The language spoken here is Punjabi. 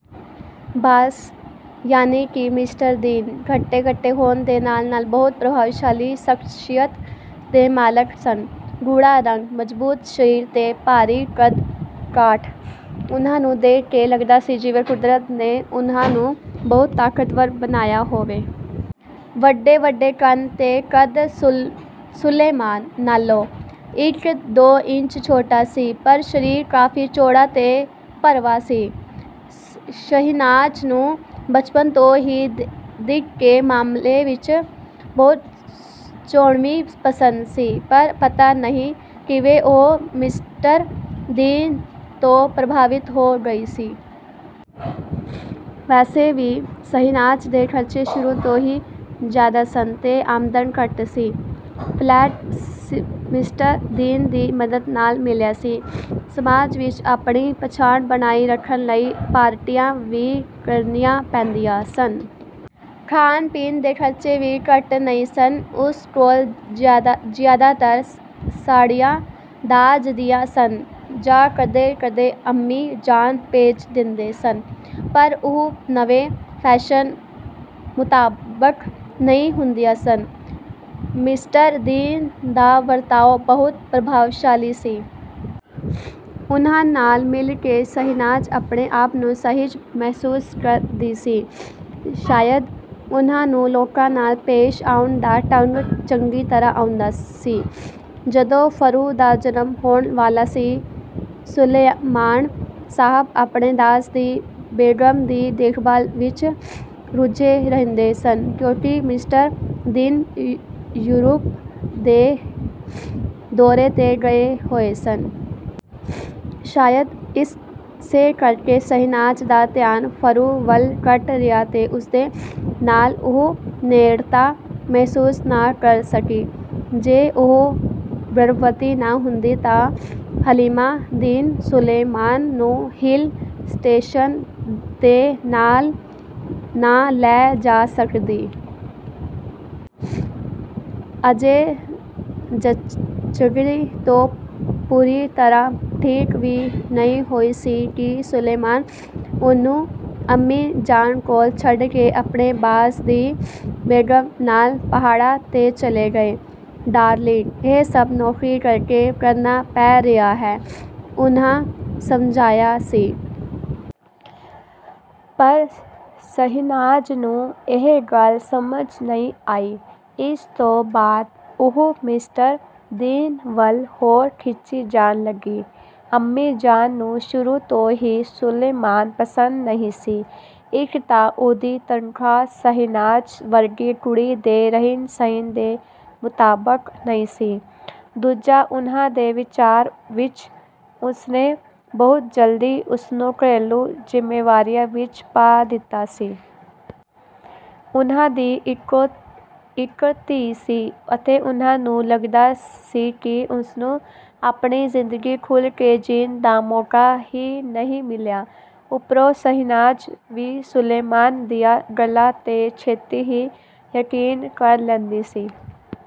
ਬਾਸ, ਯਾਨੀ ਕਿ ਮਿਸਟਰ ਦੀਨ, ਹੱਟੇ-ਕੱਟੇ ਹੋਣ ਦੇ ਨਾਲ-ਨਾਲ ਬਹੁਤ ਪ੍ਰਭਾਵਸ਼ਾਲੀ ਸ਼ਖ਼ਸੀਅਤ ਦੇ ਮਾਲਕ ਸਨ। ਗੂੜ੍ਹਾ ਰੰਗ, ਮਜ਼ਬੂਤ ਸਰੀਰ ਤੇ ਭਾਰੀ ਕੱਦ-ਕਾਠ। ਉਹਨਾਂ ਨੂੰ ਦੇਖ ਕੇ ਲੱਗਦਾ ਸੀ ਜਿਵੇਂ ਕੁਦਰਤ ਨੇ ਉਹਨਾਂ ਨੂੰ ਬਹੁਤ ਤਾਕਤਵਰ ਬਣਾਇਆ ਹੋਵੇ। ਵੱਡੇ-ਵੱਡੇ ਕੰਨ ਤੇ ਕੱਦ ਸੁਲੇਮਾਨ ਨਾਲੋਂ ਇੱਕ-ਦੋ ਇੰਚ ਛੋਟਾ ਸੀ, ਪਰ ਸਰੀਰ ਕਾਫ਼ੀ ਚੌੜਾ ਤੇ ਭਰਵਾਂ ਸੀ। ਸ਼ਹਿਨਾਜ਼ ਨੂੰ ਬਚਪਨ ਤੋਂ ਹੀ ਦਿੱਖ ਦੇ ਮਾਮਲੇ ਵਿੱਚ ਬਹੁਤ ਚੋਣਵੀਂ ਪਸੰਦ ਸੀ, ਪਰ ਪਤਾ ਨਹੀਂ ਕਿਵੇਂ ਉਹ ਮਿਸਟਰ ਦੀਨ ਤੋਂ ਪ੍ਰਭਾਵਿਤ ਹੋ ਗਈ ਸੀ। ਵੈਸੇ ਵੀ ਸ਼ਹਿਨਾਜ਼ ਦੇ ਖਰਚੇ ਸ਼ੁਰੂ ਤੋਂ ਹੀ ਜ਼ਿਆਦਾ ਸਨ ਤੇ ਆਮਦਨ ਘੱਟ ਸੀ। ਫ਼ਲੈਟ ਮਿਸਟਰ ਦੀਨ ਦੀ ਮਦਦ ਨਾਲ ਮਿਲਿਆ ਸੀ। ਸਮਾਜ ਵਿੱਚ ਆਪਣੀ ਪਛਾਣ ਬਣਾਈ ਰੱਖਣ ਲਈ ਪਾਰਟੀਆਂ ਵੀ ਕਰਣੀਆਂ ਪੈਂਦੀਆਂ ਸਨ। ਖਾਣ-ਪੀਣ ਦੇ ਖਰਚੇ ਵੀ ਘੱਟ ਨਹੀਂ ਸਨ। ਉਸ ਕੋਲ ਜ਼ਿਆਦਾਤਰ ਸਾੜੀਆਂ ਦਾਜ਼ ਦੀਆਂ ਸਨ ਜਾਂ ਕਦੇ-ਕਦੇ ਅੰਮੀ ਜਾਨ ਭੇਜ ਦਿੰਦੇ ਸਨ, ਪਰ ਉਹ ਨਵੇਂ ਫੈਸ਼ਨ ਮੁਤਾਬਕ ਨਹੀਂ ਹੁੰਦੀਆਂ ਸਨ। ਮਿਸਟਰ ਦੀਨ ਦਾ ਵਰਤਾਓ ਬਹੁਤ ਪ੍ਰਭਾਵਸ਼ਾਲੀ ਸੀ। ਉਹਨਾਂ ਨਾਲ ਮਿਲ ਕੇ ਸ਼ਹਿਨਾਜ਼ ਆਪਣੇ ਆਪ ਨੂੰ ਸਹਿਜ ਮਹਿਸੂਸ ਕਰਦੀ ਸੀ। ਸ਼ਾਇਦ ਉਹਨਾਂ ਨੂੰ ਲੋਕਾਂ ਨਾਲ ਪੇਸ਼ ਆਉਣ ਦਾ ਢੰਗ ਚੰਗੀ ਤਰ੍ਹਾਂ ਆਉਂਦਾ ਸੀ। ਜਦੋਂ ਫ਼ਰੂ ਦਾ ਜਨਮ ਹੋਣ ਵਾਲਾ ਸੀ, ਸੁਲੇਮਾਨ ਸਾਹਬ ਆਪਣੇ ਬਾਸ ਦੀ ਬੇਗ਼ਮ ਦੀ ਦੇਖਭਾਲ ਵਿੱਚ ਰੁੱਝੇ ਰਹਿੰਦੇ ਸਨ, ਕਿਉਂਕਿ ਮਿਸਟਰ ਦੀਨ ਯੂਰਪ ਦੇ ਦੌਰੇ 'ਤੇ ਗਏ ਹੋਏ ਸਨ। ਸ਼ਾਇਦ ਇਸੇ ਕਰਕੇ ਸ਼ਹਿਨਾਜ਼ ਦਾ ਧਿਆਨ ਫ਼ਰੂ ਵੱਲ ਘੱਟ ਰਿਹਾ ਤੇ ਉਸਦੇ ਨਾਲ ਉਹ ਨੇੜਤਾ ਮਹਿਸੂਸ ਨਾ ਕਰ ਸਕੀ। ਜੇ ਉਹ ਗਰਭਵਤੀ ਨਾ ਹੁੰਦੀ, ਤਾਂ ਹਲੀਮਾ ਦੀਨ ਸੁਲੇਮਾਨ ਨੂੰ ਹਿੱਲ ਸਟੇਸ਼ਨ 'ਤੇ ਨਾਲ ਨਾ ਲੈ ਜਾ ਸਕਦੀ। ਅਜੇ ਜੱਚਗੀ ਤੋਂ ਪੂਰੀ ਤਰ੍ਹਾਂ ਠੀਕ ਵੀ ਨਹੀਂ ਹੋਈ ਸੀ ਕਿ ਸੁਲੇਮਾਨ ਉਸਨੂੰ ਅੰਮੀ ਜਾਨ ਕੋਲ ਛੱਡ ਕੇ ਆਪਣੇ ਬਾਸ ਦੀ ਬੇਗ਼ਮ ਨਾਲ ਪਹਾੜਾਂ 'ਤੇ ਚਲੇ ਗਏ। "ਡਾਰਲਿੰਗ, ਇਹ ਸਭ ਨੌਕਰੀ ਕਰਕੇ ਕਰਨਾ ਪੈ ਰਿਹਾ ਹੈ," ਉਹਨਾਂ ਸਮਝਾਇਆ ਸੀ। ਪਰ ਸ਼ਹਿਨਾਜ਼ ਨੂੰ ਇਹ ਗੱਲ ਸਮਝ ਨਹੀਂ ਆਈ। ਇਸ ਤੋਂ ਬਾਅਦ ਉਹ ਮਿਸਟਰ ਦੀਨ ਵੱਲ ਹੋਰ ਖਿੱਚੀ ਜਾਣ ਲੱਗੀ। ਅੰਮੀ ਜਾਨ ਨੂੰ ਸ਼ੁਰੂ ਤੋਂ ਹੀ ਸੁਲੇਮਾਨ ਪਸੰਦ ਨਹੀਂ ਸੀ। ਇੱਕ ਤਾਂ ਉਸਦੀ ਤਨਖ਼ਾਹ ਸ਼ਹਿਨਾਜ਼ ਵਰਗੀ ਕੁੜੀ ਦੇ ਰਹਿਣ-ਸਹਿਣ ਦੇ ਮੁਤਾਬਕ ਨਹੀਂ ਸੀ, ਦੂਜਾ ਉਹਨਾਂ ਦੇ ਵਿਚਾਰ ਵਿੱਚ ਉਸਨੇ ਬਹੁਤ ਜਲਦੀ ਉਸਨੂੰ ਘਰੇਲੂ ਜ਼ਿੰਮੇਵਾਰੀਆਂ ਵਿੱਚ ਪਾ ਦਿੱਤਾ ਸੀ। ਉਹਨਾਂ ਦੀ ਇਕੋ-ਇੱਕ ਧੀ ਸੀ ਅਤੇ ਉਹਨਾਂ ਨੂੰ ਲੱਗਦਾ ਸੀ ਕਿ ਉਸਨੂੰ ਆਪਣੀ ਜ਼ਿੰਦਗੀ ਖੁੱਲ੍ਹ ਕੇ ਜੀਣ ਦਾ ਮੌਕਾ ਹੀ ਨਹੀਂ ਮਿਲਿਆ। ਉੱਪਰੋਂ ਸ਼ਹਿਨਾਜ਼ ਵੀ ਸੁਲੇਮਾਨ ਦੀਆਂ ਗੱਲਾਂ 'ਤੇ ਛੇਤੀ ਹੀ ਯਕੀਨ ਕਰ ਲੈਂਦੀ ਸੀ।